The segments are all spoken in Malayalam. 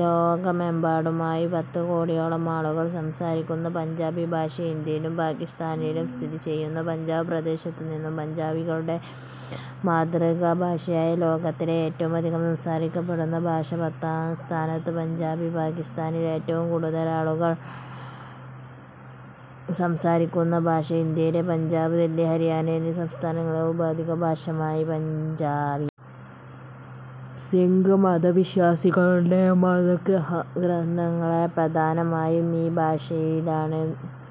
ലോകമെമ്പാടുമായി പത്തുകോടിയോളം ആളുകൾ സംസാരിക്കുന്ന പഞ്ചാബി ഭാഷ ഇന്ത്യയിലും പാകിസ്താനിലുമായി സ്ഥിതിചെയ്യുന്ന പഞ്ചാബ് പ്രദേശത്തുനിന്നുള്ള പഞ്ചാബികളുടെ മാതൃഭാഷയാണ്. ലോകത്തിൽ ഏറ്റവുമധികം സംസാരിക്കപ്പെടുന്ന ഭാഷകളിൽ പത്താം സ്ഥാനത്താണ് പഞ്ചാബി. പാക്കിസ്താനിൽ ഏറ്റവും കൂടുതൽ ആളുകൾ സംസാരിക്കുന്ന ഭാഷയും ഇന്ത്യയിലെ പഞ്ചാബ്, ദില്ലി, ഹരിയാന എന്നീ സംസ്ഥാനങ്ങളിലെ ഔദ്യോഗിക ഭാഷയുമാണ് പഞ്ചാബി. സിഖ് മതവിശ്വാസികളുടെ മതഗ്രന്ഥങ്ങൾ പ്രധാനമായും ഈ ഭാഷയിലാണ്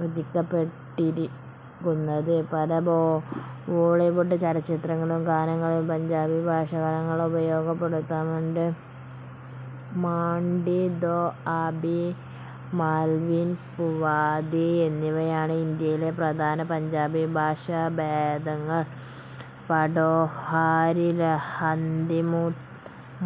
രചിക്കപ്പെട്ടിരിക്കുന്നത്. പല ബോളിവുഡ് ചലച്ചിത്രങ്ങളിലും ഗാനങ്ങളിലും പഞ്ചാബി ഭാഷാശകലങ്ങൾ ഉപയോഗിക്കപ്പെടാറുണ്ട്. മാഝി, ദോആബി, മാൽവി, പുവാധി എന്നിവയാണ് ഇന്ത്യയിലെ പ്രധാന പഞ്ചാബി ഭാഷാഭേദങ്ങൾ. പോഠോഹാരി, ലഹന്ദി,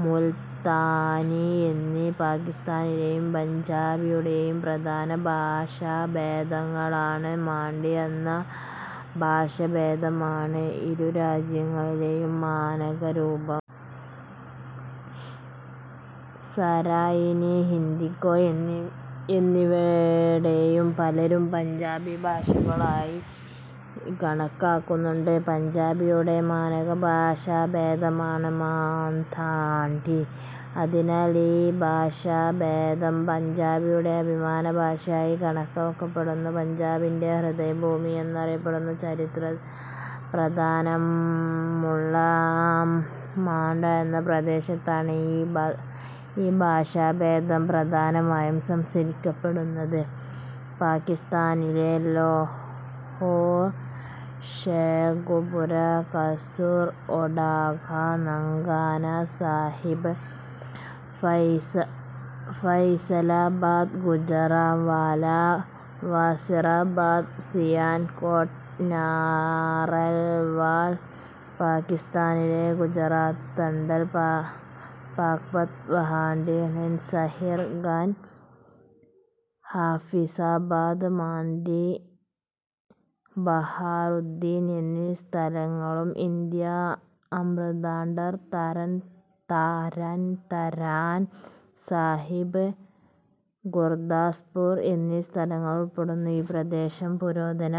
മുൽത്താനി എന്നിവ പാകിസ്താനിലെ പഞ്ചാബിയുടെ പ്രധാന ഭാഷാഭേദങ്ങളാണ്. മാഝി എന്ന ഭാഷാഭേദമാണ് ഇരു രാജ്യങ്ങളിലെയും മാനക രൂപം. സരായികി, ഹിന്ദ്കോ എന്നിവയെയും പലരും പഞ്ചാബി ഭാഷാഭേദങ്ങളായി കണക്കാക്കുന്നുണ്ട്. പഞ്ചാബിയുടെ മാനക ഭാഷാഭേദമാണ് മാഝി. അതിനാൽ ഈ ഭാഷാഭേദം പഞ്ചാബിയുടെ അഭിമാന ഭാഷയായി കണക്കാക്കപ്പെടുന്നു. പഞ്ചാബിൻറെ ഹൃദയഭൂമി എന്നറിയപ്പെടുന്ന ചരിത്രപ്രാധാന്യമുള്ള മാഝാ എന്ന പ്രദേശത്താണ് ഈ ഭാഷാഭേദം പ്രധാനമായും സംസാരിക്കപ്പെടുന്നത്. പാകിസ്താനിലെ ലാഹോർ, ഷേഖൂപുര, കസൂർ, ഓക്കാഡ, നങ്കാനാ സാഹിബ്, ഫൈസലാബാദ്, ഗുജറാൻവാല, വസീറാബാദ്, സിയാൽകോട്ട്, നാറവാൽ, പാകിസ്താനിലെ ഗുജറാത്ത്, ഝെലം, പാക്പത്തൻ, വഹാഡി, ഖാനേവാൽ, സാഹീവാൽ, ഹാഫിസാബാദ്, മണ്ഡി ബഹാഉദ്ദീൻ എന്നീ സ്ഥലങ്ങളും ഇന്ത്യയിലെ അമൃത്സർ, തരൻതാരൻ സാഹിബ്, ഗുർദാസ്പുർ എന്നീ സ്ഥലങ്ങളും ഉൾപ്പെടുന്നതാണ് ഈ പ്രദേശം. പുരാതന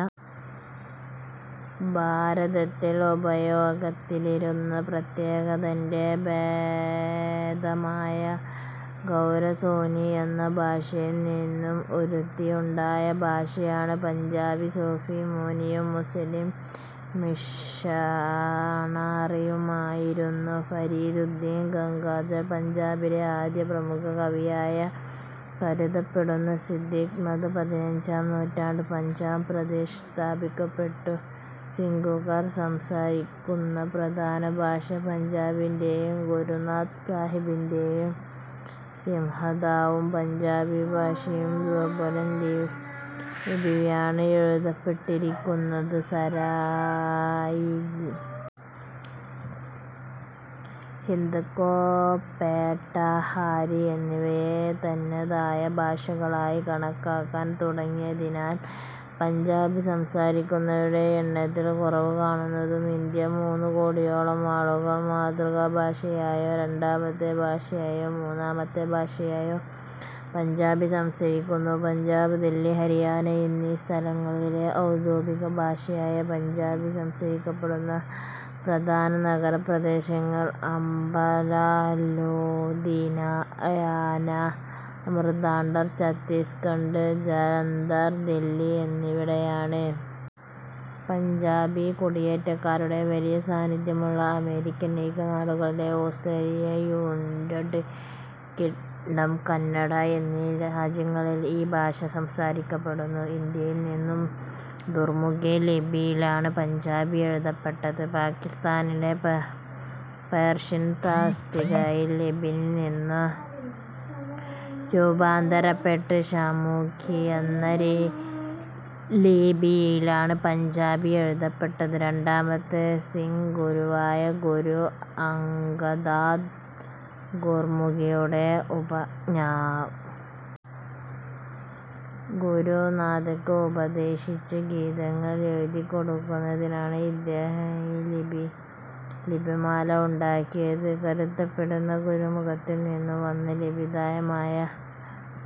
ഭാരതത്തിൽ ഉപയോഗത്തിലിരുന്ന പ്രാകൃതത്തിൻറെ ഭേദമായ ശൗരസേനി എന്ന ഭാഷയിൽനിന്നും ഉരുത്തിരിഞ്ഞുണ്ടായ ഭാഷയാണ് പഞ്ചാബി. സൂഫി മുനിയും മുസ്ലിം മിഷണറിയുമായിരുന്ന ഫരീദുദ്ദീൻ ഗംജ്ശാകർ പഞ്ചാബിയിലെ ആദ്യ പ്രമുഖ കവിയായി കരുതപ്പെടുന്നു. സിഖ് മതം പതിനഞ്ചാം നൂറ്റാണ്ടിൽ പഞ്ചാബ് പ്രദേശത്ത് സ്ഥാപിക്കപ്പെട്ടു. സിഖുകാർ സംസാരിക്കുന്ന പ്രധാന ഭാഷ പഞ്ചാബിയാണ്. ഗുരു ഗ്രന്ഥ് സാഹിബിൻറെ സിംഹഭാഗവും പഞ്ചാബി ഭാഷയിൽ ഗുർമുഖി ലിപിയിലാണ് എഴുതപ്പെട്ടിരിക്കുന്നത്. സരായികി, ഹിന്ദ്കോ, പോഠോഹാരി എന്നിവയെ തനതായ ഭാഷകളായി കണക്കാക്കാൻ തുടങ്ങിയതിനാലാണ് പഞ്ചാബി സംസാരിക്കുന്നവരുടെ എണ്ണത്തിൽ കുറവു കാണുന്നത്. ഇന്ത്യയിൽ മൂന്നുകോടിയോളം ആളുകൾ മാതൃഭാഷയായോ രണ്ടാമത്തെ ഭാഷയായോ മൂന്നാമത്തെ ഭാഷയായോ പഞ്ചാബി സംസാരിക്കുന്നു. പഞ്ചാബ്, ദില്ലി, ഹരിയാന എന്നീ സംസ്ഥാനങ്ങളിലെ ഔദ്യോഗിക ഭാഷയായ പഞ്ചാബി സംസാരിക്കപ്പെടുന്ന പ്രധാന നഗരപ്രദേശങ്ങൾ അംബാല, ലുധിയാന, അമൃത്സർ, ചണ്ഡീഗഢ്, ജലന്തർ, ദില്ലി എന്നിവയാണ്. പഞ്ചാബി കുടിയേറ്റക്കാരുടെ വലിയ സാന്നിധ്യമുള്ള അമേരിക്കൻ ഐക്യനാടുകൾ, ഓസ്ട്രേലിയ, യുണൈറ്റഡ് കിങ്ഡം, കാനഡ എന്നീ രാജ്യങ്ങളിലും ഈ ഭാഷ സംസാരിക്കപ്പെടുന്നുണ്ട്. ഇന്ത്യയിൽ ഗുർമുഖി ലിപിയിലാണ് പഞ്ചാബി എഴുതപ്പെടുന്നത്. പാകിസ്താനിൽ പേർഷ്യൻ നസ്താലിക് ലിപിയിൽനിന്ന് രൂപാന്തരപ്പെട്ട ഷാമുഖി എന്ന ലിപിയിലാണ് പഞ്ചാബി എഴുതപ്പെടുന്നത്. രണ്ടാമത്തെ സിഖ് ഗുരുവായ ഗുരു അംഗദാണ് ഗുർമുഖിയുടെ ഉപജ്ഞാതാവ്. ഗുരു നാനാക്ക് ഉപദേശിച്ച ഗീതങ്ങൾ എഴുതിയെടുക്കുന്നതിനാണ് ഇദ്ദേഹം ഈ ലിപിമാല ഉണ്ടാക്കിയതെന്ന് കരുതപ്പെടുന്നു. ഗുരുമുഖത്തിൽനിന്ന് വന്ന ലിപിയായതിനാലാണ്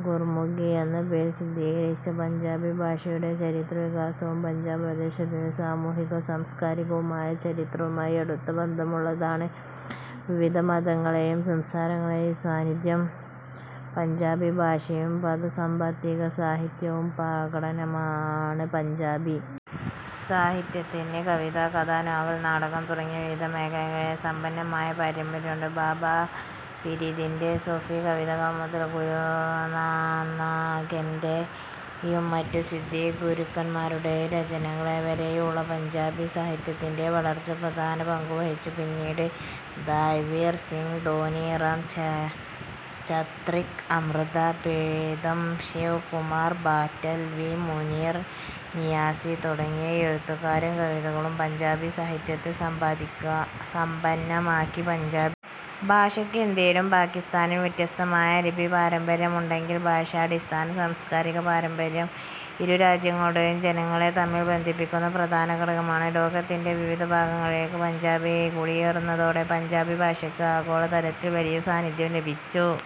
ഗുർമുഖി എന്ന പേര് സിദ്ധിച്ചത്. പഞ്ചാബി ഭാഷയുടെ ചരിത്രവും വികാസവും പഞ്ചാബ് പ്രദേശത്തിൻറെ സാമൂഹികവും സാംസ്കാരികവുമായ ചരിത്രവുമായി അടുത്ത ബന്ധമുള്ളതാണ്. വിവിധ മതങ്ങളുടെയും സംസ്കാരങ്ങളുടെയും സ്വാധീനം പഞ്ചാബി ഭാഷയുടെ പദസമ്പത്തിലും സാഹിത്യത്തിലും പ്രകടമാണ്. പഞ്ചാബി സാഹിത്യത്തിന് കവിത, കഥ, നോവൽ, നാടകം തുടങ്ങിയ വിവിധ മേഖലകളിൽ സമ്പന്നമായ പാരമ്പര്യമുണ്ട്. ബാബാ ഫരീദിൻറെ സൂഫി കവിതകൾ മുതൽ ഗുരു നാനാക്കിൻറെ യും മറ്റു സിഖ് ഗുരുക്കന്മാരുടെയും രചനകൾ വരെയുള്ളവ പഞ്ചാബി സാഹിത്യത്തിൻറെ വളർച്ചയിൽ പ്രധാന പങ്കുവഹിച്ചു. പിന്നീട് ഭായ് വീർ സിംഗ്, ധനി റാം ചാത്രിക്, അമൃത പ്രീതം, ശിവ് കുമാർ ബറ്റാൽവി, മുനീർ നിയാസി തുടങ്ങിയ എഴുത്തുകാരും കവികളും പഞ്ചാബി സാഹിത്യത്തെ സമ്പന്നമാക്കി. പഞ്ചാബി ഭാഷയ്ക്ക് ഇന്ത്യയിലും പാകിസ്താനിലും വ്യത്യസ്തമായ ലിപിപാരമ്പര്യങ്ങളുണ്ടെങ്കിലും ഭാഷയുടെ അടിസ്ഥാന സാംസ്കാരിക പാരമ്പര്യം ഇരുരാജ്യങ്ങളിലെയും ജനങ്ങളെ തമ്മിൽ ബന്ധിപ്പിക്കുന്ന പ്രധാന ഘടകമാണ്. ലോകത്തിൻറെ വിവിധ ഭാഗങ്ങളിലേക്ക് പഞ്ചാബികൾ കുടിയേറിയതോടെ പഞ്ചാബി ഭാഷയ്ക്കും ആഗോളതലത്തിൽ വലിയ സാന്നിധ്യം ലഭിച്ചു.